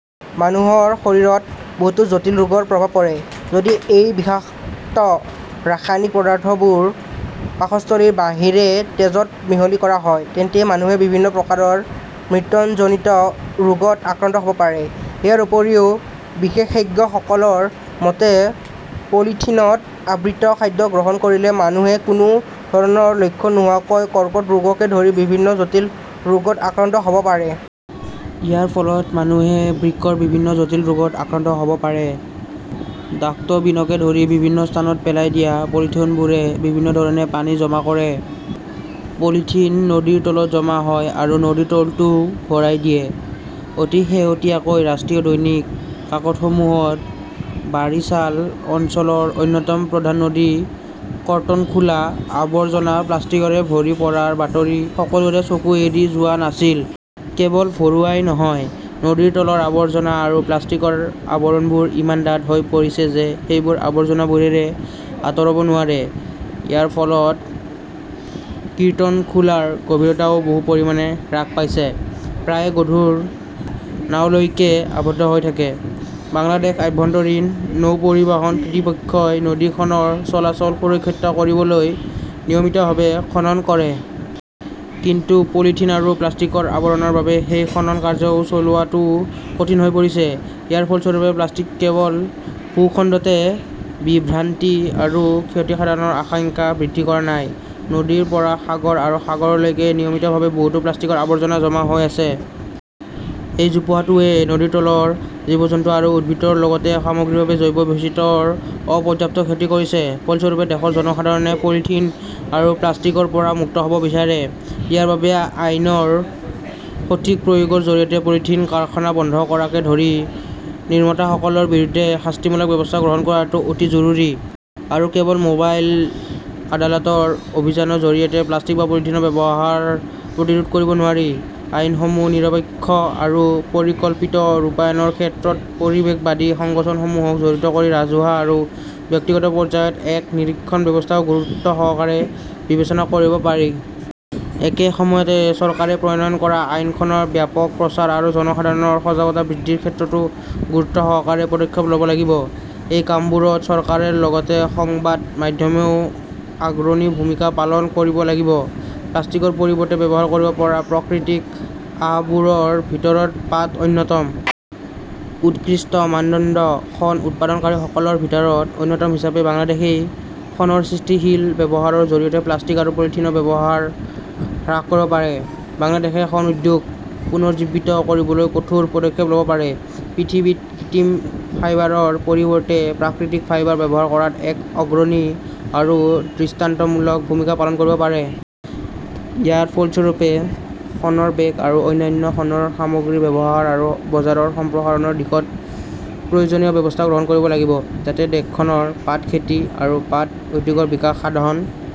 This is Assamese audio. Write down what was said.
মানুহৰ শৰীৰত বহুতো জটিল ৰোগৰ প্ৰভাৱ পৰে। যদি এই বিষাক্ত ৰাসায়নিক পদাৰ্থবোৰ পাকস্থলীৰ বাহিৰে তেজত মিহলি কৰা হয়, তেন্তে মানুহে বিভিন্ন প্ৰকাৰৰ মৃত্যুজনিত ৰোগত আক্ৰান্ত হ 'ব পাৰে। ইয়াৰ উপৰিও বিশেষজ্ঞসকলৰ মতে, পলিথিনত আবৃত খাদ্য গ্ৰহণ কৰিলে মানুহে কোনো ধৰণৰ লক্ষণ নোহোৱাকৈ কৰ্কট ৰোগকে ধৰি বিভিন্ন জটিল ৰোগত আক্ৰান্ত হ’ব পাৰে। ইয়াৰ ফলত মানুহে বৃক্কৰ বিভিন্ন জটিল ৰোগত আক্ৰান্ত হ’ব পাৰে। ডাস্টবিনকে ধৰি বিভিন্ন স্থানত পেলাই দিয়া পলিথিনবোৰে বিভিন্ন ধৰণে পানী জমা কৰে। পলিথিন নদীৰ তলত জমা হয় আৰু নদীৰ তলটোও ভৰাই দিয়ে। অতি শেহতীয়াকৈ ৰাষ্ট্ৰীয় দৈনিক কাকতসমূহত বাৰিছাল অঞ্চলৰ অন্যতম প্ৰধান নদী কিৰ্তনখোলা আৱৰ্জনা-প্লাষ্টিকৰে ভৰি পৰাৰ বাতৰি সকলোৰে চকু এৰি যোৱা নাছিল। কেৱল ভৰোৱাই নহয়, নদীৰ তলৰ আৱৰ্জনা আৰু প্লাষ্টিকৰ আৱৰণবোৰ ইমান ডাঠ হৈ পৰিছে যে সেইবোৰ আৱৰ্জনাবোৰেৰে আঁতৰাব নোৱাৰে। ইয়াৰ ফলত কীৰ্তনখোলাৰ গভীৰতাও বহু পৰিমাণে হ্ৰাস পাইছে। প্ৰায়ে গধুৰ নাওলৈকে আবদ্ধ হৈ থাকে। বাংলাদেশ আভ্যন্তৰীণ নৌ পৰিবহণ কৰ্তৃপক্ষই নদীখনৰ চলাচল সুৰক্ষিত কৰিবলৈ নিয়মিতভাৱে খনন কৰে। কিন্তু পলিথিন আৰু প্লাষ্টিকৰ আৱৰণৰ বাবে সেই খনন কাৰ্য্যও চলোৱাটো কঠিন হৈ পৰিছে। ইয়াৰ ফলস্বৰূপে প্লাষ্টিক কেৱল ভূখণ্ডতে বিভ্ৰান্তি আৰু ক্ষতিসাধনৰ আশংকা বৃদ্ধি কৰা নাই। নদীৰ পৰা সাগৰ আৰু সাগৰলৈও নিয়মিতভাৱে বহুতো প্লাষ্টিকৰ আৱৰ্জনা জমা হৈ আছে। এই জোপোহাটোৱে নদীৰ তলৰ জীৱ-জন্তু আৰু উদ্ভিদৰ লগতে সামগ্ৰিকভাৱে জৈৱ বৈচিত্ৰ্যৰ অপৰ্যাপ্ত ক্ষতি কৰিছে। ফলস্বৰূপে, দেশৰ জনসাধাৰণে পলিথিন আৰু প্লাষ্টিকৰ পৰা মুক্ত হ’ব বিচাৰে। ইয়াৰ বাবে আইনৰ সঠিক প্ৰয়োগৰ জৰিয়তে পলিথিন কাৰখানা বন্ধ কৰাকে ধৰি নিৰ্মাতাসকলৰ বিৰুদ্ধে শাস্তিমূলক ব্যৱস্থা গ্ৰহণ কৰাটো অতি জৰুৰী। আৰু কেৱল মোবাইল আদালতৰ অভিযানৰ জৰিয়তে প্লাষ্টিক বা পলিথিনৰ ব্যৱহাৰ প্ৰতিৰোধ কৰিব নোৱাৰি। আইনসমূহৰ নিৰপেক্ষ আৰু পৰিকল্পিত ৰূপায়ণৰ ক্ষেত্ৰত পৰিৱেশবাদী সংগঠনসমূহক জড়িত কৰি ৰাজহুৱা আৰু ব্যক্তিগত পৰ্যায়ত এক নিৰীক্ষণ ব্যৱস্থাও গুৰুত্বসহকাৰে বিবেচনা কৰিব পাৰি। একে সময়তে, চৰকাৰে প্ৰণয়ন কৰা আইনখনৰ ব্যাপক প্ৰচাৰ আৰু জনসাধাৰণৰ সজাগতা বৃদ্ধিৰ ক্ষেত্ৰতো গুৰুত্বসহকাৰে পদক্ষেপ ল’ব লাগিব। এই কামবোৰত চৰকাৰৰ লগতে সংবাদ মাধ্যমেও অগ্ৰণী ভূমিকা পালন কৰিব লাগিব। প্লাষ্টিকৰ পৰিৱৰ্তে ব্যৱহাৰ কৰিব পৰা প্ৰাকৃতিক আঁহবোৰৰ ভিতৰত পাট অন্যতম। উৎকৃষ্ট মানদণ্ডৰ শণ উৎপাদনকাৰীসকলৰ ভিতৰত অন্যতম হিচাপে বাংলাদেশই শণৰ সৃষ্টিশীল ব্যৱহাৰৰ জৰিয়তে প্লাষ্টিক আৰু পলিথিনৰ ব্যৱহাৰ হ্ৰাস কৰিব পাৰে। বাংলাদেশই শণ উদ্যোগ পুনৰুজ্জীৱিত কৰিবলৈ কঠোৰ পদক্ষেপ ল’ব পাৰে। পৃথিৱীত কৃত্ৰিম ফাইবাৰৰ পৰিৱৰ্তে প্ৰাকৃতিক ফাইবাৰ ব্যৱহাৰ কৰাত এক অগ্ৰণী আৰু দৃষ্টান্তমূলক ভূমিকা পালন কৰিব পাৰে। ইয়াৰ ফলস্বৰূপে, শণৰ বেগ আৰু অন্যান্য শণৰ সামগ্ৰীৰ ব্যৱহাৰ আৰু বজাৰ সম্প্ৰসাৰণৰ দিশত প্ৰয়োজনীয় ব্যৱস্থা গ্ৰহণ কৰিব লাগিব। যাতে দেশখনৰ পাট খেতি আৰু পাট উদ্যোগৰ বিকাশ সাধন